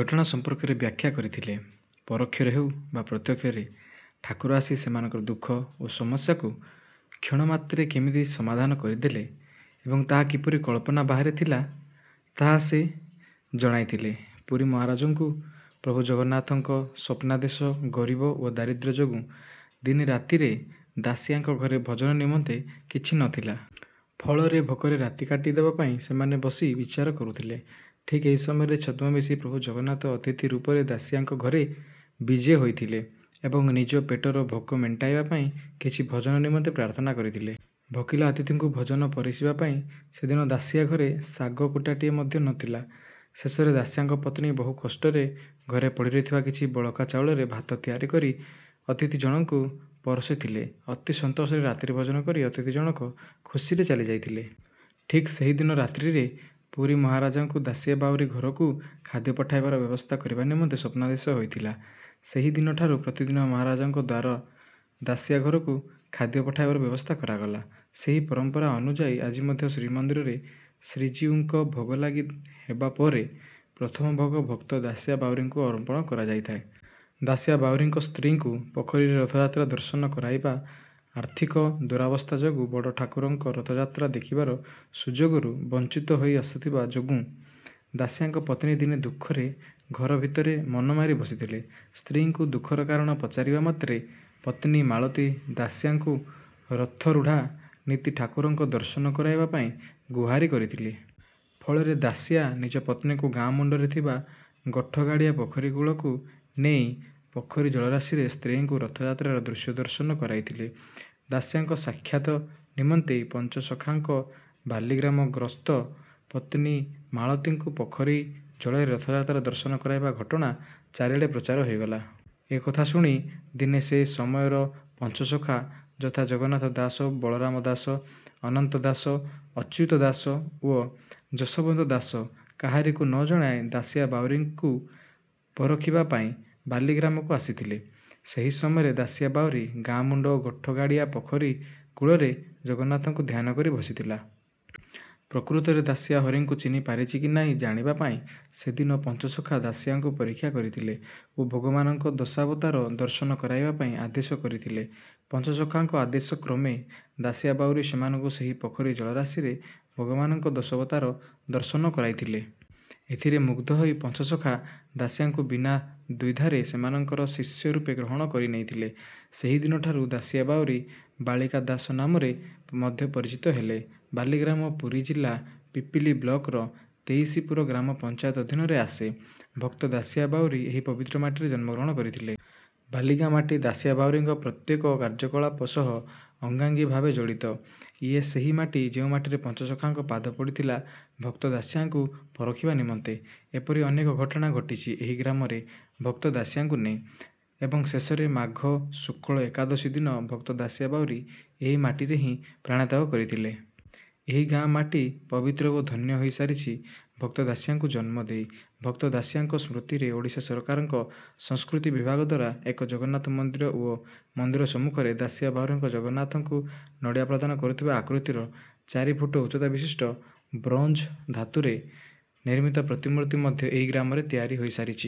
ଘଟଣା ସମ୍ପର୍କରେ ବ୍ୟାଖ୍ୟା କରିଥିଲେ। ପରୋକ୍ଷରେ ହେଉ ବା ପ୍ରତ୍ୟକ୍ଷରେ ଠାକୁର ଆସି ସେମାନଙ୍କ ଦୁଃଖ ଓ ସମସ୍ୟାକୁ କ୍ଷଣମାତ୍ରେ କେମିତି ସମାଧାନ କରିଦେଲେ ଏବଂ ତାହା କିପରି କଳ୍ପନା ବାହାରେ ଥିଲା ତାହା ସେ ଜଣାଇଥିଲେ। ପୁରୀ ମହାରାଜାଙ୍କୁ ପ୍ରଭୁ ଜଗନ୍ନାଥଙ୍କ ସ୍ୱପ୍ନାଦେଶ ଗରୀବ ଓ ଦାରିଦ୍ର୍ୟ ଯୋଗୁଁ ଦିନେ ରାତିରେ ଦାସିଆଙ୍କ ଘରେ ଭୋଜନ ନିମନ୍ତେ କିଛି ନଥିଲା। ଫଳରେ ଭୋକରେ ରହି ରାତି କାଟି ଦେବା ପାଇଁ ସେମାନେ ବସି ବିଚାର କରୁଥିଲେ। ଠିକ୍ ଏହି ସମୟରେ ଛଦ୍ମବେଶୀ ପ୍ରଭୁ ଜଗନ୍ନାଥ ଅତିଥି ରୂପରେ ଦାସିଆଙ୍କ ଘରେ ବିଜେ ହୋଇଥିଲେ ଏବଂ ନିଜ ପେଟର ଭୋକ ମେଣ୍ଟାଇବା ପାଇଁ କିଛି ଭୋଜନ ନିମନ୍ତେ ପ୍ରାର୍ଥନା କରିଥିଲେ। ଭୋକିଲା ଅତିଥିଙ୍କୁ ଭୋଜନ ପରସିବା ପାଇଁ ସେଦିନ ଦାସିଆ ଘରେ ଶାଗ କୂଟାଟିଏ ମଧ୍ୟ ନଥିଲା। ଶେଷରେ ଦାସିଆଙ୍କ ପତ୍ନୀ ବହୁ କଷ୍ଟରେ ଘରେ ପଡ଼ିରହିଥିବା କିଛି ବଳକା ଚାଉଳରେ ଭାତ ତିଆରି କରି ଅତିଥି ଜଣଙ୍କୁ ପରସିଥିଲେ। ଅତି ସନ୍ତୋଷରେ ରାତ୍ରି ଭୋଜନ କରି ଅତିଥି ଜଣକ ଖୁସିରେ ଚାଲିଯାଇଥିଲେ। ଠିକ୍ ସେହିଦିନ ରାତ୍ରିରେ ପୁରୀ ମହାରାଜାଙ୍କୁ ଦାସିଆ ବାଉରୀ ଘରକୁ ଖାଦ୍ୟ ପହଞ୍ଚାଇବାର ବ୍ୟବସ୍ଥା କରିବା ନିମନ୍ତେ ସ୍ୱପ୍ନାଦେଶ ହୋଇଥିଲା। ସେହିଦିନ ଠାରୁ ପ୍ରତିଦିନ ମହାରାଜାଙ୍କ ଦ୍ୱାରା ଦାସିଆ ଘରକୁ ଖାଦ୍ୟ ପଠାଇବାର ବ୍ୟବସ୍ଥା କରାଗଲା। ସେହି ପରମ୍ପରା ଅନୁଯାୟୀ ଆଜି ମଧ୍ୟ ଶ୍ରୀମନ୍ଦିରରେ ଶ୍ରୀଜିଉଙ୍କ ଭୋଗ ଲାଗି ହେବା ପରେ ପ୍ରଥମ ଭୋଗ ଭକ୍ତ ଦାସିଆ ବାଉରୀଙ୍କୁ ଅର୍ପଣ କରାଯାଇଥାଏ। ଦାସିଆ ବାଉରୀଙ୍କ ସ୍ତ୍ରୀଙ୍କୁ ପୋଖରୀରେ ରଥଯାତ୍ରା ଦର୍ଶନ କରାଇବା ଆର୍ଥିକ ଦୁରାବସ୍ଥା ଯୋଗୁଁ ବଡ଼ ଠାକୁରଙ୍କ ରଥଯାତ୍ରା ଦେଖିବାର ସୁଯୋଗରୁ ବଞ୍ଚିତ ହୋଇ ଆସୁଥିବା ଯୋଗୁଁ ଦାସିଆଙ୍କ ପତ୍ନୀ ଦିନେ ଦୁଃଖରେ ଘର ଭିତରେ ମନ ମାରି ବସିଥିଲେ। ସ୍ତ୍ରୀଙ୍କୁ ଦୁଃଖର କାରଣ ପଚାରିବା ମାତ୍ରେ ପତ୍ନୀ ମାଳତୀ ଦାସିଆଙ୍କୁ ରଥାରୂଢ଼ ନିତି ଠାକୁରଙ୍କ ଦର୍ଶନ କରାଇବା ପାଇଁ ଗୁହାରି କରିଥିଲେ। ଫଳରେ ଦାସିଆ ନିଜ ପତ୍ନୀଙ୍କୁ ଗାଁ ମୁଣ୍ଡରେ ଥିବା ଗୋଠଗାଡ଼ିଆ ପୋଖରୀ କୂଳକୁ ନେଇ ପୋଖରୀ ଜଳରାଶିରେ ସ୍ତ୍ରୀଙ୍କୁ ରଥଯାତ୍ରାର ଦୃଶ୍ୟ ଦର୍ଶନ କରାଇଥିଲେ। ଦାସିଆଙ୍କ ସାକ୍ଷାତ ନିମନ୍ତେ ପଞ୍ଚସଖାଙ୍କ ବାଲିଗ୍ରାମ ଗସ୍ତ ପତ୍ନୀ ମାଳତୀଙ୍କୁ ପୋଖରୀ ଜଳରେ ରଥଯାତ୍ରା ଦର୍ଶନ କରାଇବା ଘଟଣା ଚାରିଆଡ଼େ ପ୍ରଚାର ହୋଇଗଲା। ଏ କଥା ଶୁଣି ଦିନେ ସେ ସମୟର ପଞ୍ଚସଖା ଯଥା ଜଗନ୍ନାଥ ଦାସ ବଳରାମ ଦାସ ଅନନ୍ତ ଦାସ ଅଚ୍ୟୁତ ଦାସ ଓ ଯଶୋବନ୍ତ ଦାସ କାହାରିକୁ ନଜଣାଇ ଦାସିଆ ବାଉରୀକୁ ପରଖିବା ପାଇଁ ବାଲିଗ୍ରାମକୁ ଆସିଥିଲେ। ସେହି ସମୟରେ ଦାସିଆ ବାଉରୀ ଗାଁ ମୁଣ୍ଡ ଗୋଠଗାଡ଼ିଆ ପୋଖରୀ କୂଳରେ ଜଗନ୍ନାଥଙ୍କୁ ଧ୍ୟାନ କରି ବସିଥିଲା । ପ୍ରକୃତରେ ଦାସିଆ ହରିଙ୍କୁ ଚିହ୍ନି ପାରିଛି କି ନାହିଁ ଜାଣିବା ପାଇଁ ସେଦିନ ପଞ୍ଚସଖା ଦାସିଆଙ୍କୁ ପରୀକ୍ଷା କରିଥିଲେ ଓ ଭଗବାନଙ୍କ ଦଶାବତାର ଦର୍ଶନ କରାଇବା ପାଇଁ ଆଦେଶ କରିଥିଲେ। ପଞ୍ଚସଖାଙ୍କ ଆଦେଶ କ୍ରମେ ଦାସିଆ ବାଉରୀ ସେମାନଙ୍କୁ ସେହି ପୋଖରୀ ଜଳରାଶିରେ ଭଗବାନଙ୍କ ଦଶାବତାର ଦର୍ଶନ କରାଇଥିଲେ। ଏଥିରେ ମୁଗ୍ଧ ହୋଇ ପଞ୍ଚସଖା ଦାସିଆଙ୍କୁ ବିନା ଦ୍ୱିଧାରେ ସେମାନଙ୍କର ଶିଷ୍ୟ ରୂପରେ ଗ୍ରହଣ କରିନେଇଥିଲେ। ସେହିଦିନ ଠାରୁ ଦାସିଆ ବାଉରୀ ବାଳିକା ଦାସ ନାମରେ ମଧ୍ୟ ପରିଚିତ ହେଲେ। ବାଲିଗ୍ରାମ ପୁରୀ ଜିଲ୍ଲା ପିପିଲି ବ୍ଲକର ତେଇସିପୁର ଗ୍ରାମ ପଞ୍ଚାୟତ ଅଧୀନରେ ଆସେ। ଭକ୍ତ ଦାସିଆ ବାଉରୀ ଏହି ପବିତ୍ର ମାଟିରେ ଜନ୍ମଗ୍ରହଣ କରିଥିଲେ। ବାଲିଗାଁ ମାଟି ଦାସିଆ ବାଉରୀଙ୍କ ପ୍ରତ୍ୟେକ କାର୍ଯ୍ୟକଳାପ ସହ ଅଙ୍ଗାଙ୍ଗୀ ଭାବେ ଜଡ଼ିତ। ଇଏ ସେହି ମାଟି ଯେଉଁ ମାଟିରେ ପଞ୍ଚସଖାଙ୍କ ପାଦ ପଡ଼ିଥିଲା ଭକ୍ତ ଦାସିଆଙ୍କୁ ପରଖିବା ନିମନ୍ତେ। ଏପରି ଅନେକ ଘଟଣା ଘଟିଛି ଏହି ଗ୍ରାମରେ ଭକ୍ତ ଦାସିଆଙ୍କୁ ନେଇ। ଏବଂ ଶେଷରେ ମାଘ ଶୁକ୍ଳ ଏକାଦଶୀ ଦିନ ଭକ୍ତ ଦାସିଆ ବାଉରୀ ଏହି ମାଟିରେ ହିଁ ପ୍ରାଣ ତ୍ୟାଗ କରିଥିଲେ। ଏହି ଗାଁ ମାଟି ପବିତ୍ର ଓ ଧନ୍ୟ ହୋଇସାରିଛି ଭକ୍ତ ଦାସିଆଙ୍କୁ ଜନ୍ମ ଦେଇ। ଭକ୍ତ ଦାସିଆଙ୍କ ସ୍ମୃତିରେ ଓଡ଼ିଶା ସରକାରଙ୍କ ସଂସ୍କୃତି ବିଭାଗ ଦ୍ୱାରା ଏକ ଜଗନ୍ନାଥ ମନ୍ଦିର ଓ ମନ୍ଦିର ସମ୍ମୁଖରେ ଦାସିଆ ବାଉରୀଙ୍କ ଜଗନ୍ନାଥଙ୍କୁ ନଡ଼ିଆ ପ୍ରଦାନ କରୁଥିବା ଆକୃତିର ଚାରି ଫୁଟ ଉଚ୍ଚତା ବିଶିଷ୍ଟ ବ୍ରୋଞ୍ଜ ଧାତୁରେ ନିର୍ମିତ ପ୍ରତିମୂର୍ତ୍ତି ମଧ୍ୟ ଏହି ଗ୍ରାମରେ ତିଆରି ହୋଇସାରିଛି।